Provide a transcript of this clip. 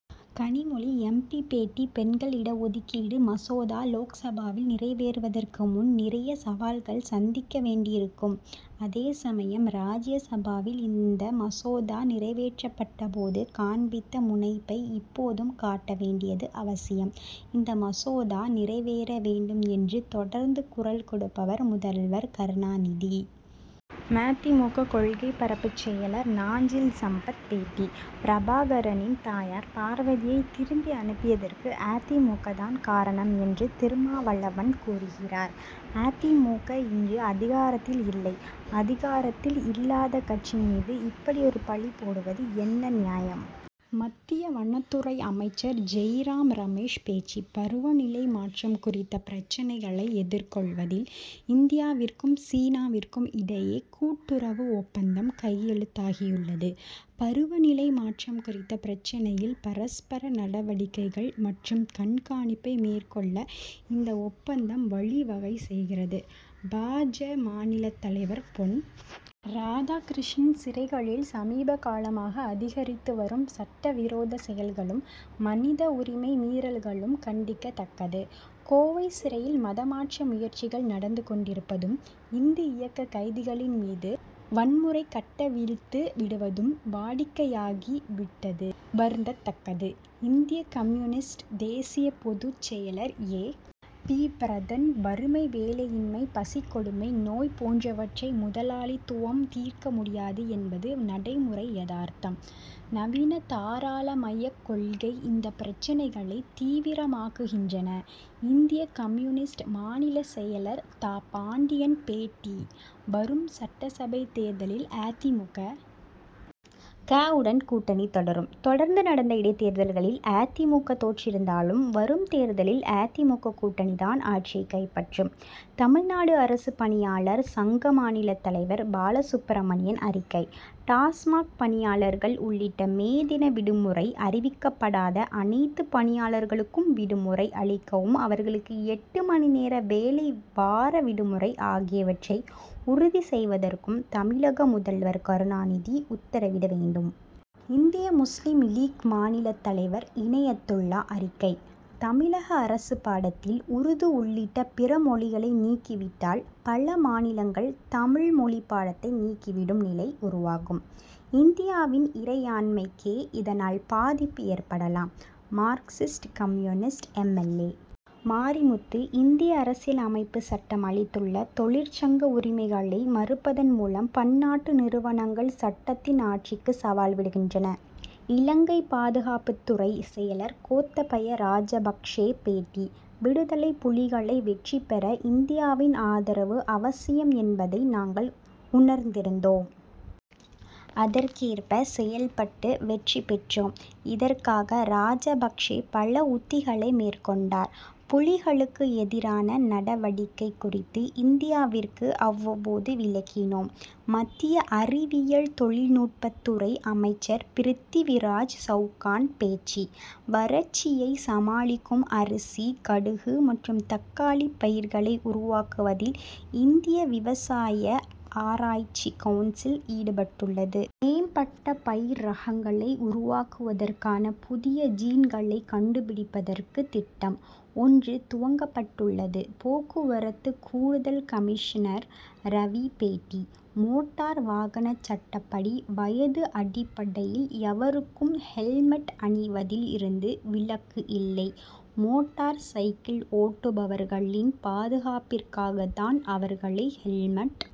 Kanimozhi M. P. பேட்டி பெண்கள் இட ஒதுக்கீடு மசோதா லோக்சபாவில் நிறைவேறுவதற்கு முன் நிறைய சவால்கள் சந்திக்க வேண்டியிருக்கும். அதே சமயம் ராஜ்ய சபாவில் இந்த மசோதா நிறைவேற்றப்பட்ட போது காண்பித்த முனைப்பை இப்போதும் காட்ட வேண்டியது அவசியம். இந்த மசோதா நிறைவேற வேண்டும் என்று தொடர்ந்து குரல் கொடுப்பவர் முதல்வர் கருணாநிதி. ம. தி. மு. க. கொள்கை பரப்புச் செயலர் நாஞ்சில் சம்பத் பேட்டி பிரபாகரனின் தாயார் பார்வதியைத் திருப்பி அனுப்பியதற்கு அ. தி. மு. க. தான் காரணம் என்று திருமாவளவன் கூறியிருக்கிறார். அ. தி. மு. க. இன்று அதிகாரத்தில் இல்லை. அதிகாரத்தில் இல்லாத கட்சி மீது இப்படி ஒரு பழி போடுவது என்ன நியாயம். மத்திய வனத்துறை அமைச்சர் ஜெய்ராம் ரமேஷ் பேச்சு பருவநிலை மாற்றம் குறித்த பிரச்னைகளை எதிர்கொள்வதில் இந்தியாவிற்கும் சீனாவிற்கும் இடையே கூட்டுறவு ஒப்பந்தம் கையெழுத்தாகியுள்ளது. பருவநிலை மாற்றம் குறித்த பிரச்னையில் பரஸ்பர நடவடிக்கைகள் மற்றும் கண்காணிப்பை மேற்கொள்ள இந்த ஒப்பந்தம் வழி வகை செய்கிறது. பா. ஜ மாநிலத் தலைவர் பொன். ராதாகிருஷ்ணன் சிறைகளில் சமீபகாலமாக அதிகரித்து வரும் சட்ட விரோத செயல்களும் மனித உரிமை மீறல்களும் கண்டிக்கத்தக்கது. கோவை சிறையில் மதமாற்ற முயற்சிகள் நடந்து கொண்டிருப்பதும் இந்து இயக்க கைதிகளின் மீது வன்முறை கட்டவிழ்த்து விடுவதும் வாடிக்கையாகி விட்டது வருந்தத்தக்கது. இந்திய கம்யூனிஸ்ட் தேசிய பொதுச் செயலர் ஏ. பி. பரதன் வறுமை வேலையின்மை பசிக் கொடுமை நோய் போன்றவற்றை முதலாளித்துவம் தீர்க்க முடியாது என்பது நடைமுறை யதார்த்தம். நவீன தாராளமயக் கொள்கை இந்த பிரச்சனைகளைத் தீவிரமாக்குகின்றன. இந்திய கம்யூனிஸ்ட் மாநில செயலர் தா. பாண்டியன் பேட்டி வரும் சட்டசபை தேர்தலில் அ. தி. மு. க.வுடன் கூட்டணி தொடரும். தொடர்ந்து நடந்த இடைத்தேர்தல்களில் அ. தி. மு. க. தோற்றிருந்தாலும் வரும் தேர்தலில் அ. தி. மு. க. கூட்டணி தான் ஆட்சியை கைப்பற்றும். தமிழ்நாடு அரசுப் பணியாளர் சங்க மாநிலத் தலைவர் பாலசுப்ரமணியன் அறிக்கை டாஸ்மாக் பணியாளர்கள் உள்ளிட்ட மே தின விடுமுறை அறிவிக்கப்படாத அனைத்து பணியாளர்களுக்கும் விடுமுறை அளிக்கவும் அவர்களுக்கு எட்டு மணி நேர வேலை வார விடுமுறை ஆகியவற்றை உறுதி செய்வதற்கும் தமிழக முதல்வர் கருணாநிதி உத்தரவிட வேண்டும். இந்திய முஸ்லிம் லீக் மாநிலத் தலைவர் இனயத்துல்லா அறிக்கை தமிழக அரசு பாடத்தில் உருது உள்ளிட்ட பிற மொழிகளை நீக்கிவிட்டால் பல மாநிலங்கள் தமிழ் மொழி பாடத்தை நீக்கிவிடும் நிலை உருவாகும். இந்தியாவின் இறையாண்மைக்கே இதனால் பாதிப்பு ஏற்படலாம். Marxist communist M. L. A. Marimuthu இந்திய அரசியல் அமைப்பு சட்டம் அளித்துள்ள தொழிற்சங்க உரிமைகளை மறுப்பதன் மூலம் பன்னாட்டு நிறுவனங்கள் சட்டத்தின் ஆட்சிக்கு சவால் விடுகின்றன. இலங்கை பாதுகாப்புத் துறை செயலர் கோத்தபய ராஜபக்ஷே பேட்டி விடுதலைப் புலிகளை வெற்றி பெற இந்தியாவின் ஆதரவு அவசியம் என்பதை நாங்கள் உணர்ந்திருந்தோம். அதற்கேற்ப செயல்பட்டு வெற்றி பெற்றோம். இதற்காக ராஜபக்சே பல உத்திகளை மேற்கொண்டார். புலிகளுக்கு எதிரான நடவடிக்கை குறித்து இந்தியாவிற்கு அவ்வப்போது விளக்கினோம். மத்திய அறிவியல் தொழில்நுட்பத் துறை அமைச்சர் பிரிதிவிராஜ் சவுகான் பேச்சு வறட்சி யை சமாளிக்கும் அரிசி கடுகு மற்றும் தக்காளிப் பயிர்களை உருவாக்குவதில் இந்திய விவசாய ஆராய்ச்சி கவுன்சில் ஈடுபட்டுள்ளது. மேம்பட்ட பயிர் ரகங்களை உருவாக்குவதற்கான புதிய ஜீன்களை கண்டுபிடிப்பதற்கு திட்டம் ஒன்று துவங்கப்பட்டுள்ளது. போக்குவரத்து கூடுதல் கமிஷனர் ரவி பேட்டி மோட்டார் வாகனச் சட்டப்படி வயது அடிப்படையில் எவருக்கும் ஹெல் மெட் அணிவதில் இருந்து விலக்கு இல்லை. மோட்டார் சைக்கிள் ஓட்டுபவர்களின் பாதுகாப்பிற்காகத்தான் அவர் களை ஹெல்மெட்